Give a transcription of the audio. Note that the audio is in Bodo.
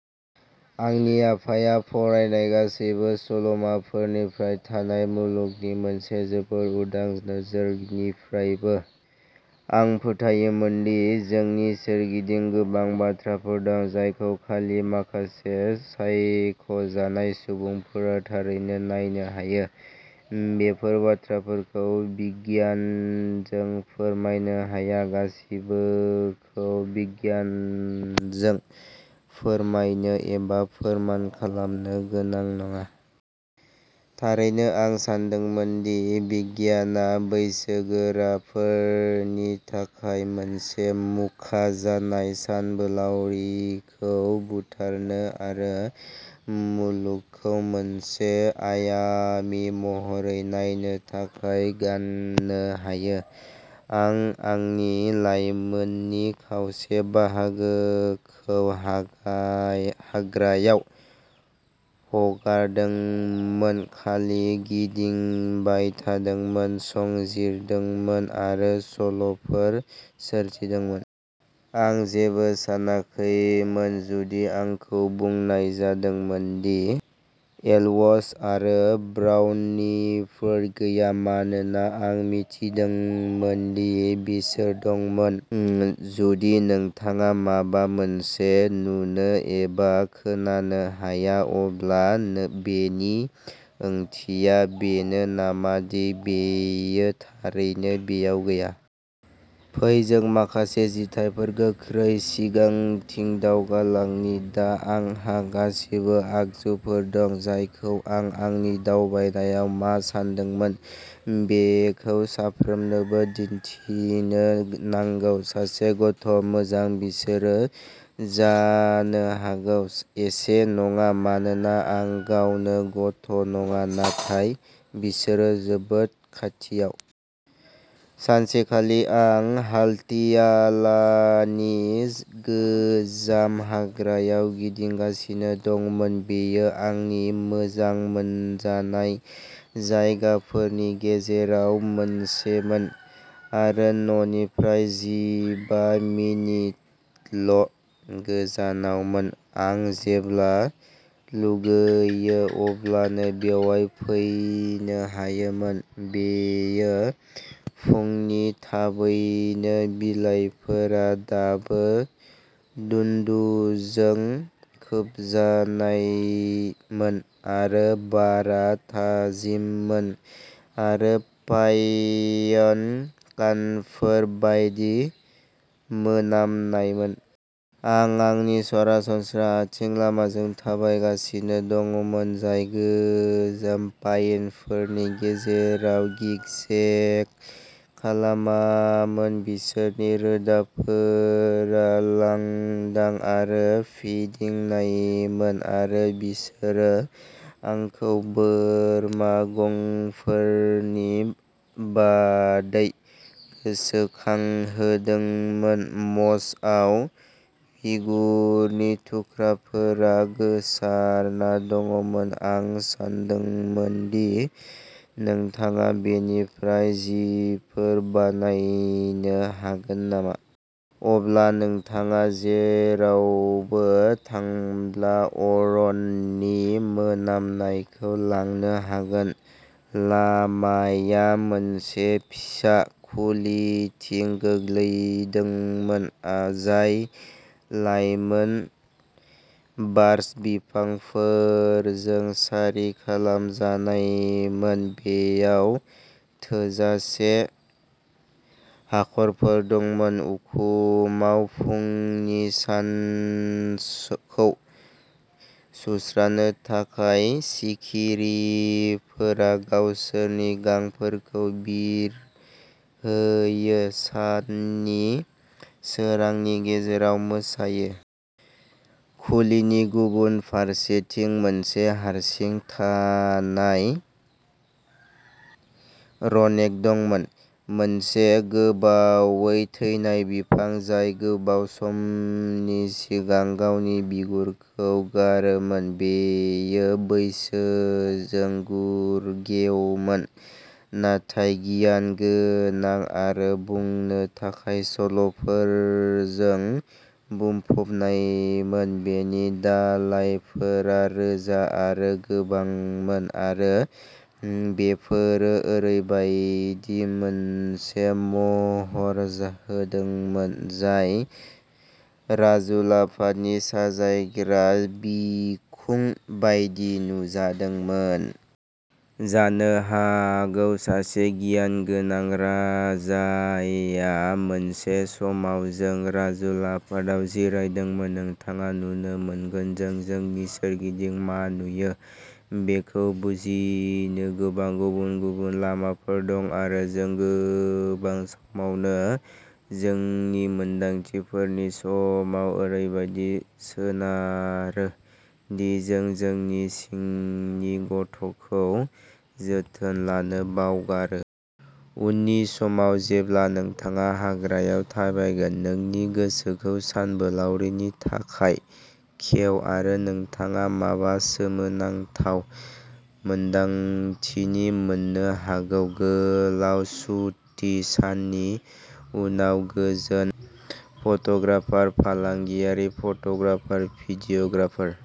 आंनि बिफाया फरायनाय गासैबो सल'फोरनिफ्राय, नाथाय मुलुगनि मोनसे जोबोद उदां नोजोरनिफ्रायबो। आं फोथायोमोनदि जोंनि सोरगिदिं गोबां बाथ्राफोर दं जायखौ खालि माखासे सायख' जानाय सुबुंफोरा थारैनो नायनो हायो। बेफोर बाथ्राफोरखौ बिगियानजों फोरमायनो हाया। गासिबोखौ बिगियानजों फोरमायनो एबा फोरमान खालामनो गोनां नङा। थारैनो, आं सानदोंमोन दि बिगियानआ बैसोगोराफोरनि थाखाय मोनसे मुखा, जाय सानबोलावरिखौ बुथारनो आरो मुलुगखौ मोनसे आयामी महरै नायनो थाखाय गाननो हायो। आं आंनि लायमोननि खावसे बाहागोखौ हागा हाग्रायाव हगारदोंमोन, खालि गिदिंबाय थादोंमोन, संजिरदोंमोन आरो सल'फोर सोरजिदोंमोन। आं जेबो सानाखैमोन जुदि आंखौ बुंनाय जादोंमोन दि एल्व्स आरो ब्राउनिफोर गैया, मानोना आं मिथिदोंमोन दि बिसोर दंमोन। जुदि नोंथाङा माबा मोनसे नुनो एबा खोनानो हाया, अब्ला बेनि ओंथिया बेनो नामा दि बेयो थारैनो बेयाव गैया? फै जों माखासे जिथायफोर गोख्रै सिगांथिं दावगालांनि। दा आंहा गासिबो आगजुफोर दं जायखौ आं आंनि दावबायनायाव मा सानदोंमोन बेखौ साफ्रोमनोबो दिन्थिनो नांगौ। सासे गथ'। मोजां, बिसोर जानो हागौ एसे नङा मानोना आं गावनो गथ' नङा, नाथाय बिसोर जोबोद खाथियाव। सानसेखालि आं हाल्टियालानि गोजाम हाग्रायाव गिदिंगासिनो दंमोन। बेयो आंनि मोजां मोनजानाय जायगाफोरनि गेजेराव मोनसेमोन आरो न'निफ्राय जिबा मिनिटल' गोजानावमोन। आं जेब्ला लुगैयो अब्लानो बेयाव फैनो हायोमोन। बेयो फुंनि थाबैनो । बिलाइफोरा दाबो दुन्दुजों खोबजानायमोन आरो बारआ थाजिममोन आरो पाइन कानफोर बायदि मोनामनायमोन। आं आंनि सरासनस्रा आथिं लामाजों थाबायगासिनो दंमोन, जाय गोजाम पाइनफोरनि गेजेराव गिगजेग खालामोमोन। बिसोरनि रोदाफोरा लांदां आरो फिदिंनायमोन आरो बिसोरो आंखौ बोरमा गंफोरनि बादै गोसोखांहोदोंमोन। मसआव बिगुरनि थुख्राफोरा गोसारना दंमोन। आं सानदोंमोन दि नोंथाङा बेनिफ्राय जिफोर बानायनो हागोन नामा। अब्ला नोंथाङा जेरावबो थांब्ला अरननि मोनामनायखौ लांनो हागोन। लामाया मोनसे फिसा खुलिथिं गोग्लैदोंमोन, जाय लायमोन बार्च बिफांफोरजों सारि खालामजानायमोन। बेयाव थोजासे हाखरफोर दंमोन। उखुमआव फुंनि सानखौ सुस्रानो थाखाय। सिखिरिफोरा गावसोरनि गांफोरखौ बिरहोयो, साननि सोरांनि गेजेराव मोसायो। खुलिनि गुबुन फारसेथिं मोनसे हारसिं थानाय रनेग दंमोन, मोनसे गोबावै थैनाय बिफां जाय गोबाव समनि सिगां गावनि बिगुरखौ गारोमोन। बेयो बैसोजों फुरगेवमोन, नाथाय गियानगोनां आरो बुंनो थाखाय सल'फोरजों बुंफबनायमोन। बेनि दालाइफोरा रोजा आरो गोबांमोन आरो बेफोरो ओरैबायदि मोनसे महर जा होदोंमोन जाय राजउलाफादनि साजायग्रा बिखुं बायदि नुजादोंमोन। जानो हागौ सासे गियानगोनां राजाया मोनसे समाव जों राजउलाफादाव जिरायदोंमोन। नोंथाङा नुनो मोनगोन, जों जोंनि सोरगिदिं मा नुयो बेखौ बुजिनो गोबां गुबुन-गुबुन लामाफोर दं आरो जों गोबां समावनो जोंनि मोनदांथिफोरनि समाव ओरैबादि सोनारो दि जों जोंनि सिंनि गथ'खौ जोथोन लानो बावगारो। उननि समाव जेब्ला नोंथाङा हाग्रायाव थाबायगोन, नोंनि गोसोखौ सानबोलावरिनि थाखाय खेव आरो नोंथाङा माबा सोमोनांथाव मोन्दांथिनि मोननो हागौ। गोलाव शुटिं साननि उनाव गोजोन फट'ग्राफार। फालांगियारि फट'ग्राफार, भिडिय'ग्राफार,